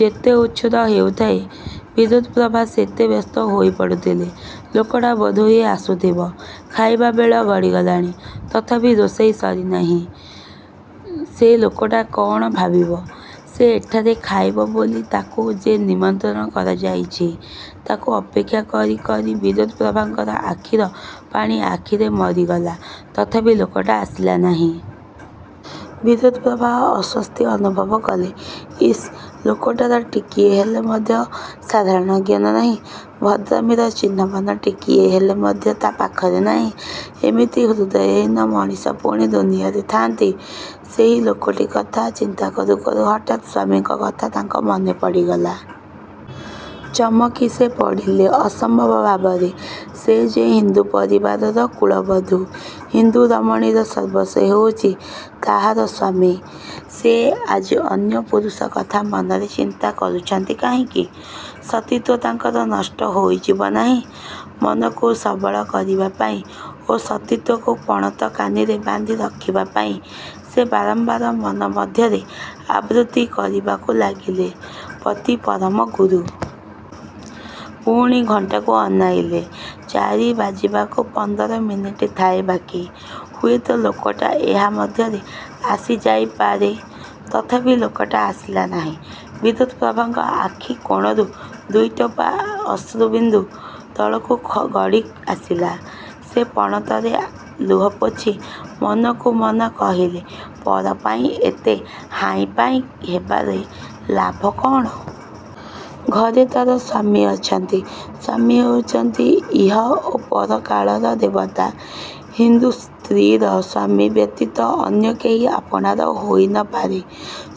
ଯେତେ ଉଛୁର ହେଉଥାଏ ବିଦ୍ୟୁପ୍ରଭା ସେତେ ବ୍ୟସ୍ତହୋଇ ପଡ଼ୁଥିଲେ। ଲୋକଟା ବୋଧହୁଏ ଆସୁଥିବ। ଖାଇବା ବେଳ ଗଡ଼ିଗଲାଣି। ତଥାପି ରୋଷେଇ ସରିନାହିଁ। ସେ ଲୋକଟା କ'ଣ ଭାବିବ? ସେ ଏଠାରେ ଖାଇବ ବୋଲି ତାକୁ ଯେ ନିମନ୍ତ୍ରଣ କରାଯାଇଛି। ତାକୁ ଅପେକ୍ଷା କରି କରି ବିଦ୍ୟୁପ୍ରଭାଙ୍କର ଆଖିର ପାଣି ଆଖିରେ ମରିଗଲା ତଥାପି ଲୋକଟା ଆସିଲା ନାହିଁ। ବିଦ୍ୟୁପ୍ରଭା ଅସ୍ୱସ୍ତି ଅନୁଭବ କଲେ। ଇସ୍ ଲୋକଟାର ଟିକିଏ ହେଲେ ମଧ୍ୟ ସାଧାରଣଜ୍ଞାନ ନାହିଁ। ଭଦ୍ରାମିର ଚିହ୍ନ ବର୍ଣ୍ଣ ଟିକିଏ ହେଲେ ମଧ୍ୟ ତା' ପାଖରେ ନାହିଁ। ଏମିତି ହୃଦୟହୀନ ମଣିଷ ପୁଣି ଦୁନିଆରେ ଥାଆନ୍ତି? ସେହି ଲୋକଟି କଥା ଚିନ୍ତା କରୁ କରୁ ହଠାତ୍ ସ୍ୱାମୀଙ୍କ କଥା ତାଙ୍କର ମନେପଡ଼ିଗଲା। ଚମକି ସେ ପଡ଼ିଲେ ଅସମ୍ଭବ ଭାବରେ। ସେ ଯେ ହିନ୍ଦୁ ପରିବାରର କୁଳବଧୁ। ହିନ୍ଦୁରମଣୀର ସର୍ବସ୍ୱ ହେଉଛି ତାହାର ସ୍ଵାମୀ। ସେ ଆଜି ଅନ୍ୟ ପୁରୁଷ କଥା ମନରେ ଚିନ୍ତା କରୁଛନ୍ତି କାହିଁକି? ସତୀତ୍ୱ ତାଙ୍କର ନଷ୍ଟ ହୋଇଯିବ ନାହିଁ? ମନକୁ ସବଳ କରିବା ପାଇଁ ଓ ସତୀତ୍ୱକୁ ପଣତକାନିରେ ବାନ୍ଧିରଖିବା ପାଇଁ ସେ ବାରମ୍ବାର ମନମଧ୍ୟରେ ଆବୃତ୍ତି କରିବାକୁ ଲାଗିଲେ 'ପତି ପରମ ଗୁରୁ। ' ପୁଣି ଘଣ୍ଟାକୁ ଅନାଇଲେ। ଚାରି ବାଜିବାକୁ ପନ୍ଦର ମିନିଟ୍ ଥାଏ ବାକି। ହୁଏତ ଲୋକଟା ଏହା ମଧ୍ୟରେ ଆସିଯାଇପାରେ? ତଥାପି ଲୋକଟା ଆସିଲା ନାହିଁ। ବିଦ୍ୟୁପ୍ରଭାଙ୍କ ଆଖି କୋଣରୁ ଦୁଇଟୋପା ଅଶ୍ରୁବିନ୍ଦୁ ତଳକୁ ଗଡ଼ିଆସିଲା। ସେ ପଣତରେ ଲୁହ ପୋଛି ମନକୁ ମନ କହିଲେ ପର ପାଇଁ ଏତେ ହାଇଁପାଇଁ ହେବାରେ ଲାଭ କ'ଣ? ଘରେ ତା'ର ସ୍ୱାମୀ ଅଛନ୍ତି। ସ୍ୱାମୀ ହେଉଛନ୍ତି ଇହ ଓ ପରକାଳର ଦେବତା। ହିନ୍ଦୁ ସ୍ତ୍ରୀର ସ୍ୱାମୀ ବ୍ୟତୀତ ଅନ୍ୟ କେହି ଆପଣାର ହୋଇନପାରେ।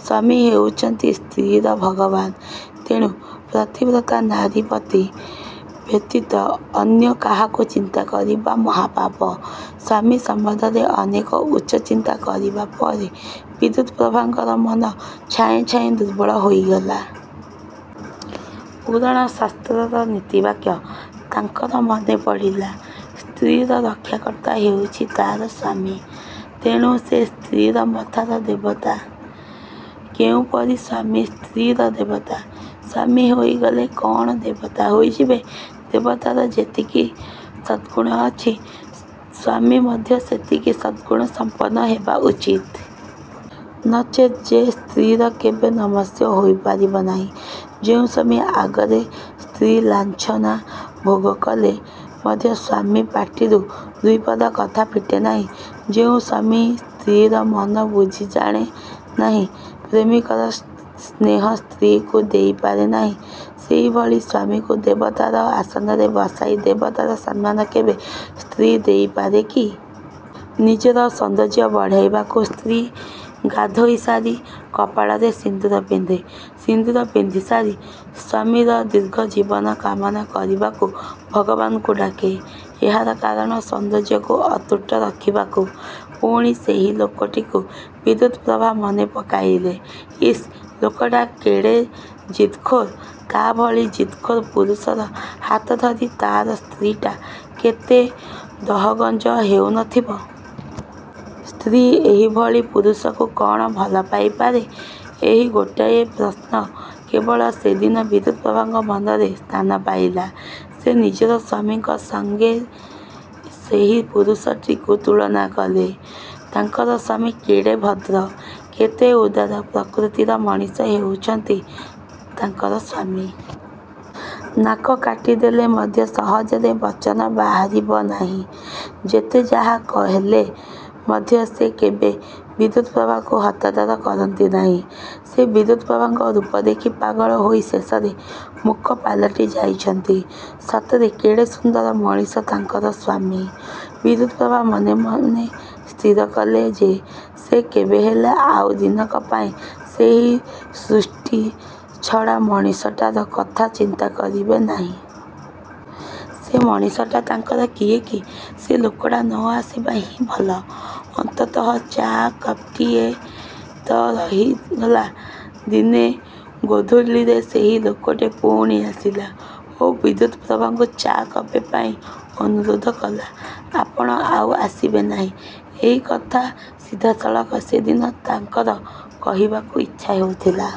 ସ୍ୱାମୀ ହେଉଛନ୍ତି ସ୍ତ୍ରୀର ଭଗବାନ। ତେଣୁ ପତିବ୍ରତା ନାରୀ ପତି ବ୍ୟତୀତ ଅନ୍ୟ କାହାକୁ ଚିନ୍ତା କରିବା ମହାପାପ। ସ୍ୱାମୀ ସମ୍ବନ୍ଧରେ ଅନେକ ଉଚ୍ଚ ଚିନ୍ତା କରିବା ପରେ ବିଦ୍ୟୁପ୍ରଭାଙ୍କର ମନ ଛାଏଁ ଛାଏଁ ଦୁର୍ବଳ ହୋଇଗଲା। ପୁରାଣ ଶାସ୍ତ୍ରର ନୀତିବାକ୍ୟ ତାଙ୍କର ମନେପଡ଼ିଲା। ସ୍ତ୍ରୀର ରକ୍ଷାକର୍ତ୍ତା ହେଉଛି ତା'ର ସ୍ୱାମୀ। ତେଣୁ ସେ ସ୍ତ୍ରୀର ମଥାର ଦେବତା। କେଉଁପରି ସ୍ୱାମୀ ସ୍ତ୍ରୀର ଦେବତା? ସ୍ୱାମୀ ହୋଇଗଲେ କ'ଣ ଦେବତା ହୋଇଯିବେ-? ଦେବତାର ଯେତିକି ସଦ୍ଗୁଣ ଅଛି ସ୍ୱାମୀ ମଧ୍ୟ ସେତିକି ସଦ୍ଗୁଣସମ୍ପନ୍ନ ହେବା ଉଚିତ୍। ନଚେତ୍ ସେ ସ୍ତ୍ରୀର କେବେ ନମସ୍ୟ ହୋଇପାରିବ ନାହିଁ। ଯେଉଁ ସ୍ୱାମୀ ଆଗରେ ସ୍ତ୍ରୀ ଲାଞ୍ଛନା ଭୋଗ କଲେ ମଧ୍ୟ ସ୍ୱାମୀ ପାଟିରୁ ଦୁଇପଦ କଥା ଫିଟେନାହିଁ, ଯେଉଁ ସ୍ୱାମୀ ସ୍ତ୍ରୀର ମନ ବୁଝି ଜାଣେ ନାହିଁ, ପ୍ରେମିକର ସ୍ନେହ ସ୍ତ୍ରୀକୁ ଦେଇପାରେ ନାହିଁ, ସେହିଭଳି ସ୍ୱାମୀକୁ ଦେବତାର ଆସନରେ ବସାଇ ଦେବତାର ସମ୍ମାନ କେବେ ସ୍ତ୍ରୀ ଦେଇପାରେ କି? ନିଜର ସୌନ୍ଦର୍ଯ୍ୟ ବଢ଼ାଇବାକୁ ସ୍ତ୍ରୀ ଗାଧୋଇସାରି କପାଳରେ ସିନ୍ଦୂର ପିନ୍ଧେ। ସିନ୍ଦୂର ପିନ୍ଧିସାରି ସ୍ୱାମୀର ଦୀର୍ଘଜୀବନ କାମନା କରିବାକୁ ଭଗବାନଙ୍କୁ ଡାକେ। ଏହାର କାରଣ ସୌନ୍ଦର୍ଯ୍ୟକୁ ଅତୁଟ ରଖିବାକୁ। ପୁଣି ସେହି ଲୋକଟିକୁ ବିଦ୍ୟୁପ୍ରଭା ମନେପକାଇଲେ। ଇସ୍ ଲୋକଟା କେଡ଼େ ଜିଦଖୋର। ତା' ଭଳି ଜିଦଖୋର ପୁରୁଷର ହାତଧରି ତା'ର ସ୍ତ୍ରୀଟା କେତେ ଦହଗଞ୍ଜ ହେଉନଥିବ? ସ୍ତ୍ରୀ ଏହିଭଳି ପୁରୁଷକୁ କ'ଣ ଭଲପାଇପାରେ? ଏହି ଗୋଟିଏ ପ୍ରଶ୍ନ କେବଳ ସେଦିନ ବିଦ୍ୟୁପ୍ରଭାଙ୍କ ମନରେ ସ୍ଥାନ ପାଇଲା। ସେ ନିଜର ସ୍ୱାମୀଙ୍କ ସଙ୍ଗେ ସେହି ପୁରୁଷଟିକୁ ତୁଳନା କଲେ। ତାଙ୍କର ସ୍ୱାମୀ କେଡ଼େ ଭଦ୍ର। କେତେ ଉଦାର ପ୍ରକୃତିର ମଣିଷ ହେଉଛନ୍ତି ତାଙ୍କର ସ୍ୱାମୀ। ନାକ କାଟିଦେଲେ ମଧ୍ୟ ସହଜରେ ବଚନ ବାହାରିବ ନାହିଁ। ଯେତେ ଯାହାହେଲେ ମଧ୍ୟ ସେ କେବେ ବିଦ୍ୟୁପ୍ରଭାକୁ ହତାଦର କରନ୍ତି ନାହିଁ। ସେ ବିଦ୍ୟୁପ୍ରଭାଙ୍କ ରୂପ ଦେଖି ପାଗଳ ହୋଇ ଶେଷରେ ମୂକ ପାଲଟି ଯାଇଛନ୍ତି। ସତରେ କେଡ଼େ ସୁନ୍ଦର ମଣିଷ ତାଙ୍କର ସ୍ୱାମୀ! ବିଦ୍ୟୁପ୍ରଭା ମନେମନେ ସ୍ଥିର କଲେ ଯେ ସେ କେବେହେଲେ ଆଉ ଦିନକ ପାଇଁ ସେହି ସୃଷ୍ଟିଛଡ଼ା ମଣିଷଟାର କଥା ଚିନ୍ତା କରିବେ ନାହିଁ। ସେ ମଣିଷଟା ତାଙ୍କର କିଏ କି? ସେ ଲୋକଟା ନ ଆସିବା ହିଁ ଭଲ। ଅନ୍ତତଃ ଚା' କପ୍ଟିଏ ତ ରହିଗଲା। ଦିନେ ଗୋଧୂଳିରେ ସେହି ଲୋକଟି ପୁଣି ଆସିଲା ଓ ବିଦ୍ୟୁପ୍ରଭାଙ୍କୁ ଚା' କପେ ପାଇଁ ଅନୁରୋଧ କଲା। 'ଆପଣ ଆଉ ଆସିବେ ନାହିଁ ' ଏହିକଥା ସିଧାସଳଖ ସେଦିନ ତାଙ୍କର କହିବାକୁ ଇଚ୍ଛା ହେଉଥିଲା।